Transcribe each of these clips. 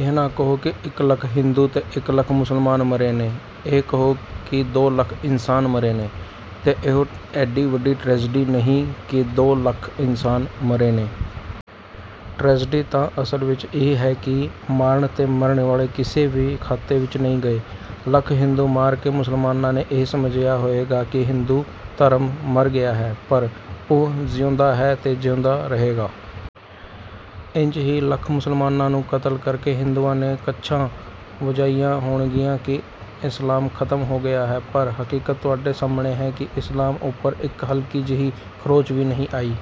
ਇਹ ਨਾ ਕਹੋ ਕਿ ਇੱਕ ਲੱਖ ਹਿੰਦੂ ਤੇ ਇੱਕ ਲੱਖ ਮੁਸਲਮਾਨ ਮਰੇ ਨੇ। ਇਹ ਕਹੋ ਕਿ ਦੋ ਲੱਖ ਇਨਸਾਨ ਮਰੇ ਨੇ। ਤੇ ਇਹ ਏਡੀ ਵੱਡੀ ਟ੍ਰੇਜ਼ਡੀ ਨਹੀਂ ਕਿ ਦੋ ਲੱਖ ਇਨਸਾਨ ਮਰੇ ਨੇ। ਟ੍ਰੇਜ਼ਡੀ ਤਾਂ ਅਸਲ ਵਿਚ ਇਹ ਹੈ ਕਿ ਮਾਰਨ ਤੇ ਮਰਨ ਵਾਲੇ ਕਿਸੇ ਵੀ ਖਾਤੇ ਵਿਚ ਨਹੀਂ ਗਏ। ਲੱਖ ਹਿੰਦੂ ਮਾਰ ਕੇ ਮੁਸਲਮਾਨਾਂ ਨੇ ਇਹ ਸਮਝਿਆ ਹੋਏਗਾ ਕਿ ਹਿੰਦੂ ਧਰਮ ਮਰ ਗਿਆ ਹੈ, ਪਰ ਉਹ ਜਿਉਂਦਾ ਹੈ ਤੇ ਜਿਉਂਦਾ ਰਹੇਗਾ। ਇੰਜ ਹੀ ਲੱਖ ਮੁਸਲਮਾਨਾਂ ਨੂੰ ਕਤਲ ਕਰਕੇ ਹਿੰਦੂਆਂ ਨੇ ਕੱਛਾਂ ਵਜਾਈਆਂ ਹੋਣਗੀਆਂ ਕਿ ਇਸਲਾਮ ਖ਼ਤਮ ਹੋ ਗਿਆ ਹੈ, ਪਰ ਹਕੀਕਤ ਤੁਹਾਡੇ ਸਾਹਮਣੇ ਹੈ ਕਿ ਇਸਲਾਮ ਉੱਪਰ ਇੱਕ ਹਲਕੀ ਜਿਹੀ ਖਰੋਂਚ ਵੀ ਨਹੀਂ ਆਈ।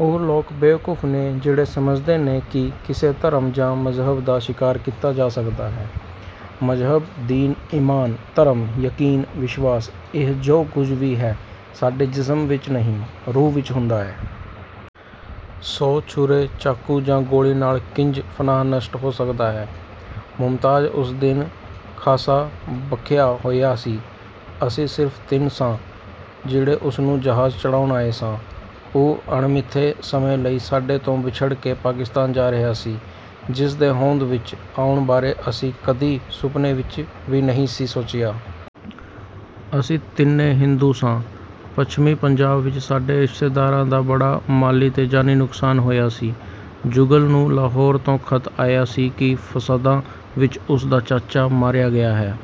ਉਹ ਲੋਕ ਬੇਵਕੂਫ਼ ਨੇ ਜਿਹੜੇ ਸਮਝਦੇ ਨੇ ਕਿ ਕਿਸੇ ਧਰਮ ਜਾਂ ਮਜ਼ਹਬ ਦਾ ਸ਼ਿਕਾਰ ਕੀਤਾ ਜਾ ਸਕਦਾ ਏ। ਮਜ਼ਹਬ, ਦੀਨ, ਈਮਾਨ, ਧਰਮ, ਯਕੀਨ, ਵਿਸ਼ਵਾਸ ਇਹ ਜੋ ਕੁਝ ਵੀ ਹੈ, ਸਾਡੇ ਜਿਸਮ ਵਿਚ ਨਹੀਂ, ਰੂਹ ਵਿਚ ਹੁੰਦਾ ਏ। ਸੋ ਛੁਰੇ, ਚਾਕੂ ਜਾਂ ਗੋਲੀ ਨਾਲ ਕਿੰਜ ਫਨਾਹ ਨਸ਼ਟ ਹੋ ਸਕਦਾ ਏ? ਮੁਮਤਾਜ਼ ਉਸ ਦਿਨ ਖਾਸਾ ਭਖਿਆ ਹੋਇਆ ਸੀ। ਅਸੀਂ ਸਿਰਫ ਤਿੰਨ ਸਾਂ, ਜਿਹੜੇ ਉਸ ਨੂੰ ਜਹਾਜ਼ ਚੜ੍ਹਾਉਣ ਆਏ ਸਾਂ। ਉਹ ਅਣਮਿਥੇ ਸਮੇਂ ਲਈ ਸਾਡੇ ਤੋਂ ਵਿੱਛੜ ਕੇ ਪਾਕਿਸਤਾਨ ਜਾ ਰਿਹਾ ਸੀ, ਜਿਸ ਦੇ ਹੋਂਦ ਵਿਚ ਆਉਣ ਬਾਰੇ ਅਸੀਂ ਕਦੀ ਸੁਪਨੇ ਵਿਚ ਵੀ ਨਹੀਂ ਸੀ ਸੋਚਿਆ। ਅਸੀਂ ਤਿੰਨੇ ਹਿੰਦੂ ਸਾਂ। ਪੱਛਮੀ ਪੰਜਾਬ ਵਿਚ ਸਾਡੇ ਰਿਸ਼ਤੇਦਾਰਾਂ ਦਾ ਬੜਾ ਮਾਲੀ ਤੇ ਜਾਨੀ ਨੁਕਸਾਨ ਹੋਇਆ ਸੀ। ਜੁਗਲ ਨੂੰ ਲਾਹੌਰ ਤੋਂ ਖ਼ਤ ਆਇਆ ਸੀ ਕਿ ਫਸਾਦਾਂ ਵਿਚ ਉਸ ਦਾ ਚਾਚਾ ਮਾਰਿਆ ਗਿਆ ਹੈ।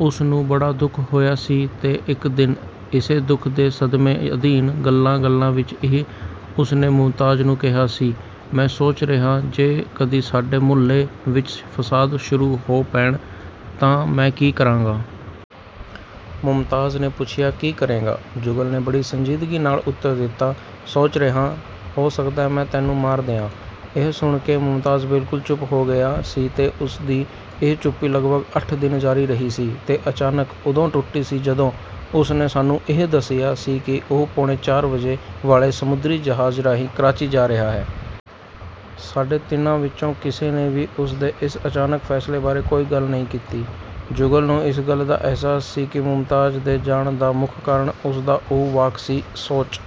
ਉਸ ਨੂੰ ਬੜਾ ਦੁੱਖ ਹੋਇਆ ਸੀ ਤੇ ਇੱਕ ਦਿਨ ਇਸੇ ਦੁੱਖ ਦੇ ਸਦਮੇਂ ਅਧੀਨ, ਗੱਲਾਂ ਗੱਲਾਂ ਵਿਚ ਹੀ, ਉਸ ਨੇ ਮੁਮਤਾਜ਼ ਨੂੰ ਕਿਹਾ ਸੀ, ਮੈਂ ਸੋਚ ਰਿਹਾਂ, ਜੇ ਕਦੀ ਸਾਡੇ ਮੁਹੱਲੇ ਵਿਚ ਫਸਾਦ ਸ਼ੁਰੂ ਹੋ ਪੈਣ ਤਾਂ ਮੈਂ ਕੀ ਕਰਾਂਗਾ? ਮੁਮਤਾਜ਼ ਨੇ ਪੁੱਛਿਆ, ਕੀ ਕਰੇਂਗਾ? ਜੁਗਲ ਨੇ ਬੜੀ ਸੰਜੀਦਗੀ ਨਾਲ ਉੱਤਰ ਦਿੱਤਾ, ਸੋਚ ਰਿਹਾਂ, ਹੋ ਸਕਦਾ ਏ ਮੈਂ ਤੈਨੂੰ ਮਾਰ ਦਿਆਂ! ਇਹ ਸੁਣ ਕੇ ਮੁਮਤਾਜ਼ ਬਿਲਕੁਲ ਚੁੱਪ ਹੋ ਗਿਆ ਸੀ ਤੇ ਉਸ ਦੀ ਇਹ ਚੁੱਪੀ ਲਗਭਗ ਅੱਠ ਦਿਨ ਜਾਰੀ ਰਹੀ ਸੀ, ਤੇ ਅਚਾਨਕ ਉਦੋਂ ਟੁੱਟੀ ਸੀ ਜਦੋਂ ਉਸ ਨੇ ਸਾਨੂੰ ਇਹ ਦੱਸਿਆ ਸੀ ਕਿ ਉਹ ਪੌਣੇ ਚਾਰ ਵਜੇ ਵਾਲੇ ਸਮੁੰਦਰੀ ਜਹਾਜ਼ ਰਾਹੀਂ ਕਰਾਚੀ ਜਾ ਰਿਹਾ ਹੈ। ਸਾਡੇ ਤਿੰਨਾਂ ਵਿਚੋਂ ਕਿਸੇ ਨੇ ਵੀ ਉਸ ਦੇ ਇਸ ਅਚਾਨਕ ਫੈਸਲੇ ਬਾਰੇ ਕੋਈ ਗੱਲ ਨਹੀਂ ਕੀਤੀ। ਜੁਗਲ ਨੂੰ ਇਸ ਗੱਲ ਦਾ ਅਹਿਸਾਸ ਸੀ ਕਿ ਮੁਮਤਾਜ਼ ਦੇ ਜਾਣ ਦਾ ਮੁੱਖ ਕਾਰਣ ਉਸ ਦਾ ਉਹ ਵਾਕ ਸੀ, ਸੋਚ